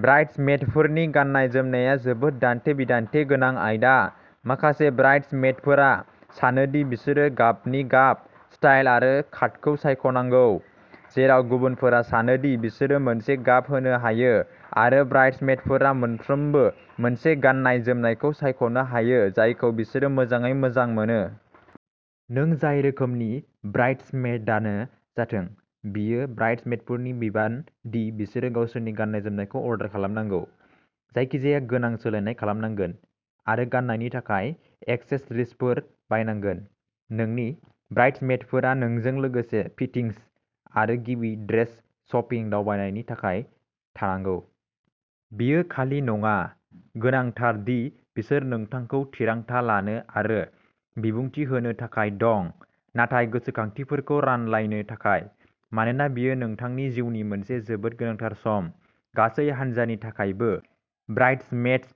ब्राइड्समेइडफोरनि गाननाय जोमनाया जोबोद दान्थे-बिदान्थे गोनां आयदा। माखासे ब्राइड्समेइडफोरा सानो दि बिसोरो गाबनि गाब, स्टाइल आरो काटखौ सायख'नांगौ, जेराव गुबुनफोरा सानो दि बिसोरो मोनसे गाब होनो हायो, आरो ब्राइड्समेइडफोरा मोनफ्रोमबो मोनसे गाननाय जोमनायखौ सायख'नो हायो जायखौ बिसोरो मोजाङै मोजां मोनो। नों जाय रोखोमनि ब्राइड्समेइडानो जाथों, बेयो ब्राइड्समेइडफोरनि बिबान दि बिसोरो गावसोरनि गाननाय जोमनायखौ अर्डार खालामनांगौ, जायखिजाया गोनां सोलायनाय खालामनांगोन, आरो गाननायनि थाखाय एक्सेसरिजफोर बायनांगोन। नोंनि ब्राइड्समेइडफोरा नोंजों लोगोसे फिटिंस आरो गिबि ड्रेस शपिं दावबायनायनि थाखाय थानांगौ। बेयो खालि नङा। गोनांथार दि बिसोर नोंथांखौ थिरांथा लानो आरो बिबुंथि होनो थाखाय दं, नाथाय गोसोखांथिफोरखौ रानलायनो थाखाय, मानोना बेयो नोंथांनि जिउनि मोनसे जोबोद गोनांथार सम। गासै हान्जानि थाखायबो ब्राइड्समेड्स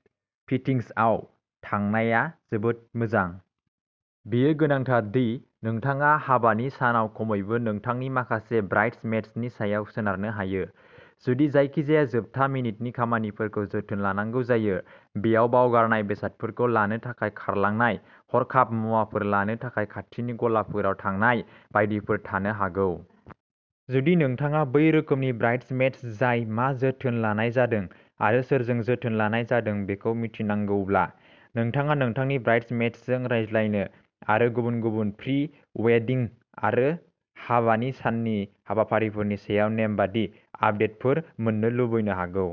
फिटिंग्सआव थांनाया जोबोद मोजां। बेयो गोनांथार दि नोंथाङा हाबानि सानाव खमैबो नोंथांनि माखासे ब्राइड्समेड्सनि सायाव सोनारनो हायो, जुदि जायखिजाया जोबथा मिनिटनि खामानिफोरखौ जोथोन लानांगौ जायो। बेयाव बावगारनाय बेसादफोरखौ लानो थाखाय खारलांनाय, हरखाब मुवाफोर लानो थाखाय खाथिनि गलाफोराव थांनाय बायदिफोर थानो हागौ। जुदि नोंथाङा बै रोखोमनि ब्राइड्समेड्स जाय मा जोथोन लानाय जादों आरो सोरजों जोथोन लानाय जादों बेखौ मिथिनांगौब्ला, नोंथाङा नोंथांनि ब्राइड्समेड्सजों रायज्लायनो आरो गुबुन गुबुन प्रि-वेडिंग आरो हाबानि साननि हाबाफारिफोरनि सायाव नेमबादि आपडेटफोर मोन्नो लुबैनो हागौ।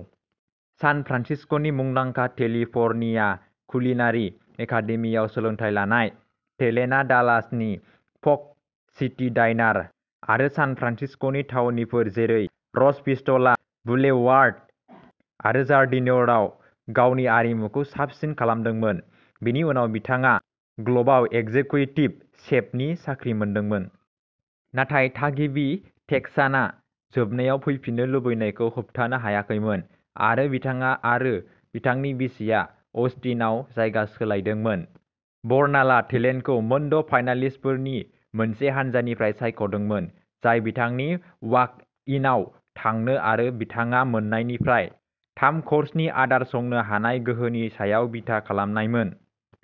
सान फ्रान्सिस्क'नि मुंदांखा केलिफ'र्निया कुलिनारि एकादेमिआव सोलोंथाय लानाय, टेलेन्टआ डालासनि फग सिटी डाइनार आरो सान फ्रान्सिस्क'नि थावनिफोर जेरै र'ज पिस्ट'ला, बुलेवार्ड आरो जार्डिनियरआव गावनि आरिमुखौ साबसिन खालामदोंमोन, बेनि उनाव बिथाङा ग्ल'बआव एकजेक्युटिभ शेफनि साख्रि मोनदोंमोन। नाथाय थागिबि टेक्सानआ जोबनायाव फैफिननो लुबैनायखौ होबथानो हायाखैमोन, आरो बिथाङा आरो बिथांनि बिसिआ अस्टिनआव जायगा सोलायदोंमोन। बर्नालआ टेलेन्टखौ मोनद'फाइनालिस्टफोरनि मोनसे हानजानिफ्राय सायख'दोंमोन, जाय बिथांनि वाक-इनआव थांनो आरो बिथाङा मोन्नायनिफ्राय थाम-क'र्सनि आदार संनो हानाय गोहोनि सायाव बिथा खालामनायमोन।